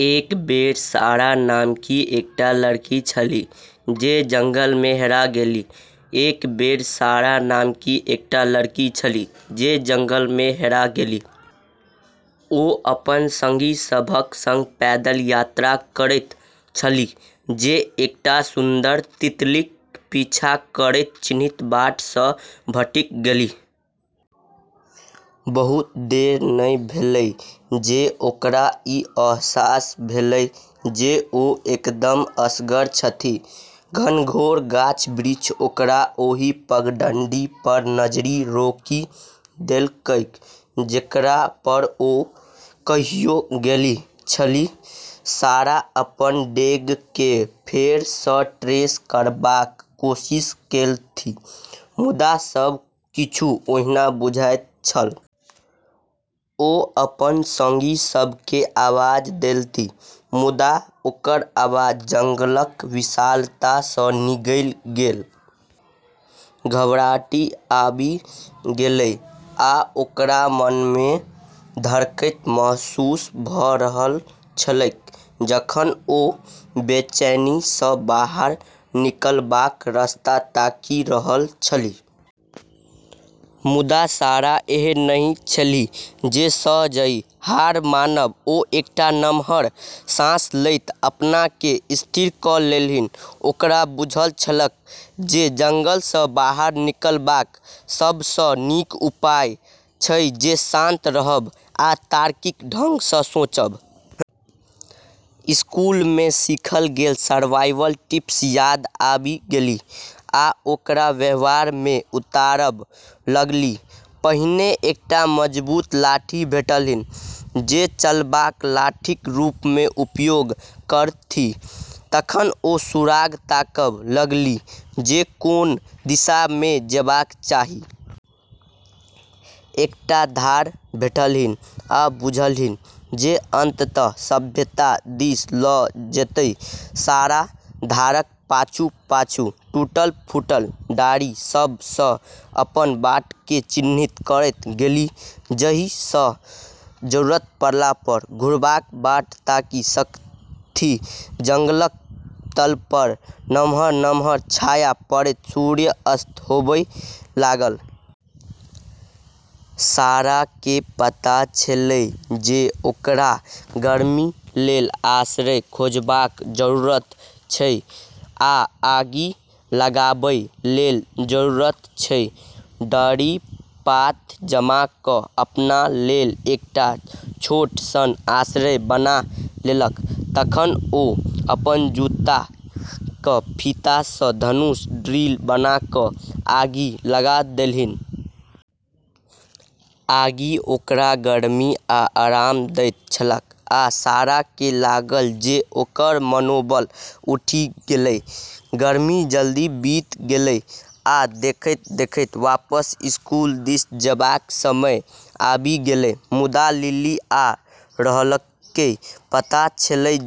एक बेर सारा नामकी एकटा लड़की छलीह जे जंगलमे हेरा गेलीह। एक बेर सारा नामकी एकटा लड़की छलीह जे जंगलमे हेरा गेलीह। ओ अपन संगी सभक संग पैदल यात्रा करैत छलीह जे एकटा सुन्दर तितलीक पीछा करैत चिन्हित बाट सँ भटकि गेलीह। बहुत देर नहि भेलै जे ओकरा ई अहसास भेलै जे ओ एकदम असगर छथि, घनघोर गाछ-बिरिछ ओकरा ओहि पगडंडी पर नजरि रोकि देलकैक जेकरा पर ओ कहियो गेलीह छलीह। सारा अपन डेगकेँ फेर सँ ट्रेस करबाक कोशिश केलथि, मुदा सब किछु ओहिना बुझाइत छल। ओ अपन संगी सभकेँ आवाज देलथि, मुदा ओकर आवाज जंगलक विशालता सँ निगल गेल। घबराहटि आबि गेलै, आ ओकरा मनमे धड़कैत महसूस भ’ रहल छलैक, जखन ओ बेचैनी सँ बाहर निकलबाक रास्ता ताकि रहल छलीह। मुदा सारा एहन नहि छलीह जे सहजहि हार मानब। ओ एकटा नमहर साँस लैत अपनाकेँ स्थिर क’ लेलन्हि। ओकरा बुझल छलैक जे जंगल सँ बाहर निकलबाक सभ सँ नीक उपाय अछि जे शान्त रहब आ तार्किक ढंग सँ सोचब। स्कूलमे सीखल गेल सरवाइवल टिप्स याद आबि गेलीह आ ओकरा व्यवहारमे उतारब लगलीह। पहिने एकटा मजबूत लाठी भेटलन्हि जे चलबाक लाठीक रूपमे उपयोग करथि। तखन ओ सुराग ताकब लगलीह जे कोन दिशामे जेबाक चाही। एकटा धार भेटलन्हि आ बुझलन्हि जे अंततः सभ्यता दिस ल’ जेतै। सारा धारक पाछू-पाछू टूटल-फूटल डारि सभ सँ अपन बाटकेँ चिन्हित करैत गेलीह जाहि सँ जरूरत पड़ला पर घुरबाक बाट ताकि सकथि। जंगलक तल पर नमहर-नम्हर छाया पड़ैत सूर्यास्त होबय लागल। साराकेँ पता छेलै जे ओकरा गर्मी लेल आश्रय खोजबाक जरूरत अछि आ आगि लगाबै लेल जरूरत अछि। डारि-पात जमा क’ अपना लेल एकटा छोट सन आश्रय बना लेलक। तखन ओ अपन जूताक फीता सँ धनुष ड्रिल बना क’ आगि लगा देलन्हि। आगि ओकरा गर्मी आ आराम दैत छलैक आ साराकेँ लागल जे ओकर मनोबल उठि गेलै। गर्मी जल्दी बीत गेलै, आ देखैत-देखैत वापस स्कूल दिस जेबाक समय आबि गेलै। मुदा लिली आ राहेलकेँ पता छेलै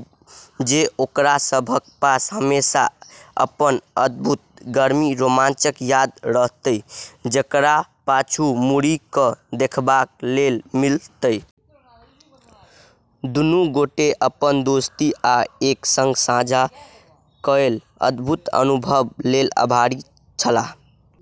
जे ओकरा सभक पास हमेशा अपन अद्भुत गर्मीक रोमांचक याद रहतै जेकरा पर पाछू मुड़ि क’ देखबा लेल मिलतै। दुनू गोटे अपन दोस्ती आ एक संग साझा कएल अद्भुत अनुभवक लेल आभारी छलाह। (देल गेल पाठकेँ एकटा सुसंरचित एपीए शैलीक शोध पत्रमे प्रारूपित करू।)